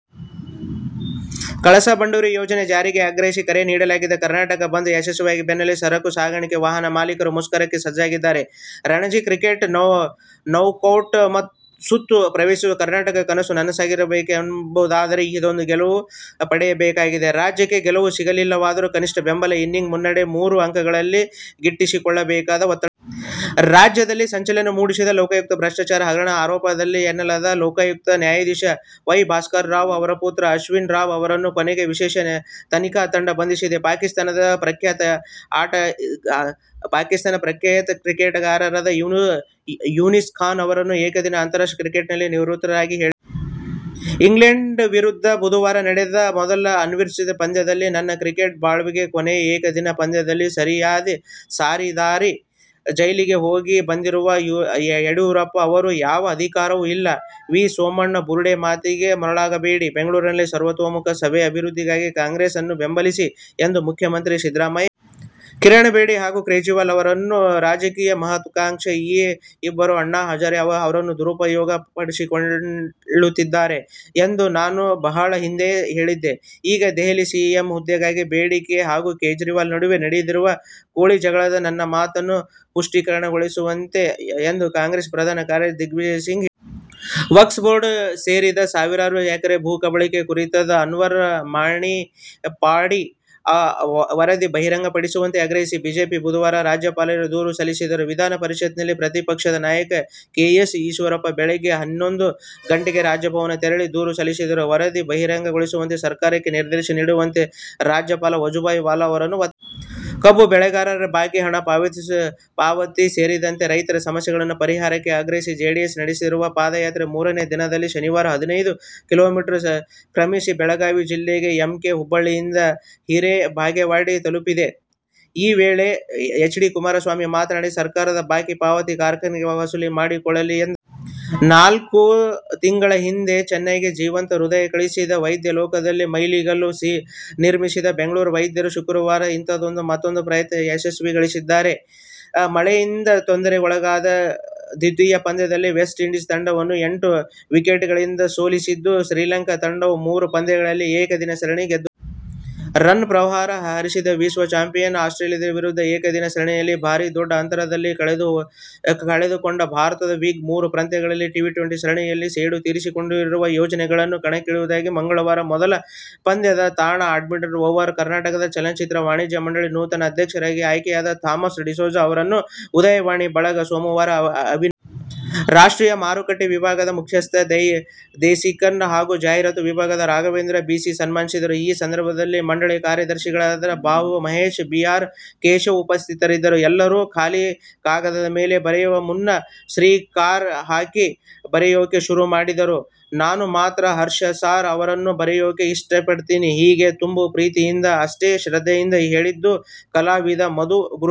ಕಳಸಾ- ಬಂಡೂರಿ ಯೋಜನೆ ಜಾರಿಗೆ ಆಗ್ರಹಿಸಿ ಕರೆ ನೀಡಲಾಗಿದ್ದ ಕರ್ನಾಟಕ ಬಂದ್ ಯಶಸ್ವಿಯಾದ ಬೆನ್ನಲ್ಲೇ ಸರಕು ಸಾಗಣೆ ವಾಹನಗಳ ಮಾಲೀಕರು ಮುಷ್ಕರಕ್ಕೆ ಸಜ್ಜಾಗುತ್ತಿದ್ದಾರೆ. ರಣಜಿ ಕ್ರಿಕೆಟ್ ನಾಕೌಟ್ ಸುತ್ತು ಪ್ರವೇಶಿಸುವ ಕರ್ನಾಟಕದ ಕನಸು ನನಸಾಗಬೇಕಾದರೆ ಇನ್ನೊಂದು ಗೆಲುವು ಪಡೆಯಲೇಬೇಕಿದೆ. ರಾಜ್ಯಕ್ಕೆ ಗೆಲುವು ಸಿಗಲಿಲ್ಲವಾದರೂ ಕನಿಷ್ಠ ಮೊದಲ ಇನಿಂಗ್ಸ್ ಮುನ್ನಡೆಯಲ್ಲಿ ಮೂರು ಅಂಕವನ್ನು ಗಿಟ್ಟಿಸಿಕೊಳ್ಳಲೇಬೇಕಾದ ಒತ್ತಡವಿದೆ. ರಾಜ್ಯದಲ್ಲಿ ಸಂಚಲನ ಮೂಡಿಸಿರುವ ಲೋಕಾಯುಕ್ತ ಭ್ರಷ್ಟಾಚಾರ ಹಗರಣದ ಪ್ರಮುಖ ಆರೋಪಿ ಎನ್ನಲಾದ, ಲೋಕಾಯುಕ್ತ ನ್ಯಾಯಾಧೀಶ ವೈ. ಭಾಸ್ಕರ್ ರಾವ್ ಪುತ್ರ ಅಶ್ವಿನ್ ರಾವ್ ಅವರನ್ನು ಕೊನೆಗೂ ವಿಶೇಷ ತನಿಖಾ ತಂಡ ಬಂಧಿಸಿದೆ. ಪಾಕಿಸ್ಥಾನದ ಪ್ರಖ್ಯಾತ ಕ್ರಿಕೆಟಿಗ ಯೂನಿಸ್ ಖಾನ್ ಅವರು ಏಕದಿನ ಅಂತಾರಾಷ್ಟ್ರೀಯ ಕ್ರಿಕೆಟ್ನಿಂದ ನಿವೃತ್ತಿಯಾಗುವುದಾಗಿ ಹೇಳಿದ್ದಾರೆ. ಇಂಗ್ಲೆಂಡ್ ವಿರುದ್ಧ ಬುಧವಾರ ನಡೆದ ಮೊದಲ ಅಹರ್ನಿಶಿ ಪಂದ್ಯ ನನ್ನ ಕ್ರಿಕೆಟ್ ಬಾಳ್ವೆಯ ಕೊನೆಯ ಏಕದಿನ ಪಂದ್ಯವೆಂದು ಸಾರಿದ್ದಾರೆ. ಜೈಲಿಗೆ ಹೋಗಿಬಂದಿರುವ ಯಡಿಯೂರಪ್ಪ ಹಾಗೂ ಯಾವ ಅಧಿಕಾರವೂ ಇಲ್ಲದ ವಿ. ಸೋಮಣ್ಣನ ಬುರುಡೆ ಮಾತಿಗೆ ಮರಳಾಗದೆ ಬೆಂಗಳೂರಿನ ಸರ್ವತೋಮುಖ ಅಭಿವೃದ್ಧಿಗಾಗಿ ಕಾಂಗ್ರೆಸ್ ನ್ನು ಬೆಂಬಲಿಸಿ ಎಂದು ಮುಖ್ಯಮಂತ್ರಿ ಸಿದ್ದರಾಮಯ್ಯ ಹೇಳಿದ್ದಾರೆ. ಕಿರಣ್ ಬೇಡಿ ಹಾಗೂ ಕೇಜ್ರಿವಾಲ್ ಅವರಿಗೆ ರಾಜಕೀಯ ಮಹತ್ವಾಕಾಂಕ್ಷೆಗಳಿವೆ. ಈ ಇಬ್ಬರು ಅಣ್ಣಾ ಹಜಾರೆ ಅವರನ್ನು ದುರುಪಯೋಗ ಪಡಿಸಿಕೊಳ್ಳುತ್ತಿದ್ದಾರೆ ಎಂದು ನಾನು ಬಹಳ ಹಿಂದೆಯೇ ಹೇಳಿದ್ದೆ. ಈಗ ದೆಹಲಿ ಸಿಎಂ ಹುದ್ದೆಗಾಗಿ ಬೇಡಿ ಹಾಗೂ ಕೇಜ್ರಿವಾಲ್ ನಡುವೆ ನಡೆದಿರುವ ಕೋಳಿ ಜಗಳ ನನ್ನ ಮಾತನ್ನು ಪುಷ್ಟೀಕರಿಸುತ್ತದೆ ಎಂದು ಕಾಂಗ್ರೆಸ್ ಪ್ರಧಾನ ಕಾರ್ಯದರ್ಶಿ ದಿಗ್ವಿಜಯಸಿಂಗ್ ಹೇಳಿದರು. ವಕ್ಫ್ ಬೋರ್ಡ್ಗೆ ಸೇರಿದ ಸಾವಿರಾರು ಎಕರೆ ಭೂಕಬಳಿಕೆ ಕುರಿತಾದ ಅನ್ವರ್ ಮಾಣಿಪ್ಪಾಡಿ ವರದಿ ಬಹಿರಂಗಪಡಿಸುವಂತೆ ಆಗ್ರಹಿಸಿ ಬಿಜೆಪಿ ಬುಧವಾರ ರಾಜ್ಯಪಾಲರಿಗೆ ದೂರು ಸಲ್ಲಿಸಲಿದೆ. ವಿಧಾನಪರಿಷತ್ತಿನ ಪ್ರತಿಪಕ್ಷದ ನಾಯಕ ಕೆ. ಎಸ್. ಈಶ್ವರಪ್ಪ ಬೆಳಗ್ಗೆ ಹನ್ನೊಂದು ಗಂಟೆಗೆ ರಾಜಭವನಕ್ಕೆ ತೆರಳಿ ದೂರು ಸಲ್ಲಿಸಲಿದ್ದು, ವರದಿ ಬಹಿರಂಗಗೊಳಿಸುವಂತೆ ಸರ್ಕಾರಕ್ಕೆ ನಿರ್ದೇಶನನೀಡುವಂತೆ ರಾಜ್ಯಪಾಲ ವಜುಭಾಯಿ ವಾಲಾ ಅವರನ್ನು ಒತ್ತಾಯಿಸಲಿದ್ದಾರೆ. ಕಬ್ಬು ಬೆಳೆಗಾರರ ಬಾಕಿ ಹಣ ಪಾವತಿ ಸೇರಿದಂತೆ ರೈತರ ಸಮಸ್ಯೆಗಳ ಪರಿಹಾರಕ್ಕೆ ಆಗ್ರಹಿಸಿ ಜೆಡಿಎಸ್ ನಡೆಸುತ್ತಿರುವ ಪಾದಯಾತ್ರೆ ಮೂರನೇ ದಿನವಾದ ಶನಿವಾರ ಹದಿನೈದು ಕಿ. ಮೀ. ಕ್ರಮಿಸಿ ಬೆಳಗಾವಿ ಜಿಲ್ಲೆಯ ಎಂ. ಕೆ. ಹುಬ್ಬಳ್ಳಿಯಿಂದ ಹೀರೇಬಾಗೆವಾಡಿಗೆ ತಲುಪಿತು. ಈ ವೇಳೆ ಎಚ್. ಡಿ. ಕುಮಾರಸ್ವಾಮಿ ಮಾತನಾಡಿ, ಸರ್ಕಾರವೇ ಬಾಕಿ ಪಾವತಿಸಿ, ಕಾರ್ಖಾನೆಗಳಿಂದ ವಸೂಲು ಮಾಡಿಕೊಳ್ಳಲಿ ಎಂದರು. ನಾಲ್ಕು ತಿಂಗಳ ಹಿಂದೆ ಚೆನ್ನೈಗೆ ಜೀವಂತ ಹೃದಯ ಕಳುಹಿಸಿ ವೈದ್ಯ ಲೋಕದಲ್ಲಿ ಮೈಲಿಗಲ್ಲು ನಿರ್ಮಿಸಿದ್ದ ಬೆಂಗಳೂರಿನ ವೈದ್ಯರು ಶುಕ್ರವಾರ ಇಂತಹದ್ದೇ ಮತ್ತೂಂದು ಪ್ರಯತ್ನದಲ್ಲಿ ಯಶಸ್ಸು ಗಳಿಸಿದ್ದಾರೆ. ಮಳೆಯಿಂದ ತೊಂದರೆಗೊಳಗಾದ ದ್ವಿತೀಯ ಪಂದ್ಯದಲ್ಲಿ ವೆಸ್ಟ್ಇಂಡೀಸ್ ತಂಡವನ್ನು ಎಂಟು ವಿಕೆಟ್ಗಳಿಂದ ಸೋಲಿಸಿದ ಶ್ರೀಲಂಕಾ ತಂಡವು ಮೂರು ಪಂದ್ಯಗಳ ಏಕದಿನ ಸರಣಿಯನ್ನು ಗೆದ್ದುಕೊಂಡಿದೆ. ರನ್ ಪ್ರವಾಹ ಹರಿಸಿಯೂ ವಿಶ್ವ ಚಾಂಪಿಯನ್ ಆಸ್ಟ್ರೇಲಿಯ ವಿರುದ್ಧದ ಏಕದಿನ ಸರಣಿಯನ್ನು ಭಾರೀ ದೊಡ್ಡ ಅಂತರದಿಂದ ಕಳೆದುಕೊಂಡ ಭಾರತವೀಗ ಮೂರು ಪಂದ್ಯಗಳ ಟಿ-ಟ್ವೆಂಟಿ ಸರಣಿಯಲ್ಲಿ ಸೇಡು ತೀರಿಸುವ ಯೋಜನೆಯೊಂದಿಗೆ ಕಣಕ್ಕಿಳಿಯಲಿದೆ. ಮಂಗಳವಾರದ ಮೊದಲ ಪಂದ್ಯದ ತಾಣ ಅಡಿಲೇಡ್ ಓವಲ್. ಕರ್ನಾಟಕ ಚಲನಚಿತ್ರ ವಾಣಿಜ್ಯ ಮಂಡಳಿಯ ನೂತನ ಅಧ್ಯಕ್ಷರಾಗಿ ಆಯ್ಕೆಯಾದ ಥಾಮಸ್ ಡಿಸೋಜ ಅವರನ್ನು ಉದಯವಾಣಿ ಬಳಗ ಸೋಮವಾರ ಅಭಿನಂದಿಸಿತು. ರಾಷ್ಟ್ರೀಯ ಮಾರುಕಟ್ಟೆ ವಿಭಾಗದ ಮುಖ್ಯಸ್ಥ ದೇಸಿಕನ್ ಹಾಗೂ ಜಾಹೀರಾತು ವಿಭಾಗದ ರಾಘವೇಂದ್ರ ಬಿ. ಸಿ. ಸನ್ಮಾನಿಸಿದರು. ಈ ಸಂದರ್ಭದಲ್ಲಿ ಮಂಡಳಿಯ ಕಾರ್ಯದರ್ಶಿಗಳಾದ ಭಾ. ಮ. ಹರೀಶ್, ಬಿ. ಆರ್. ಕೇಶವ ಉಪಸ್ಥಿತರಿದ್ದರು. ಎಲ್ಲರೂ ಖಾಲಿ ಕಾಗದ ಮೇಲೆ ಬರೆಯೋ ಮುನ್ನ, "ಶ್ರೀ' ಕಾರ ಹಾಕಿ ಬರೆಯೋಕೆ ಶುರು ಮಾಡಿದರೆ, ನಾನು ಮಾತ್ರ, ಹರ್ಷ ಸಾರ್ ಅಂತ ಬರೆಯೋಕೆ ಇಷ್ಟಪಡ್ತೀನಿ -ಹೀಗೆ ತುಂಬು ಪ್ರೀತಿಯಿಂದ ಅಷ್ಟೇ ಶ್ರದ್ಧೆಯಿಂದ ಹೇಳಿದ್ದು, ಕಲಾವಿದ ಮಧು ಗುರುಸ್ವಾಮಿ.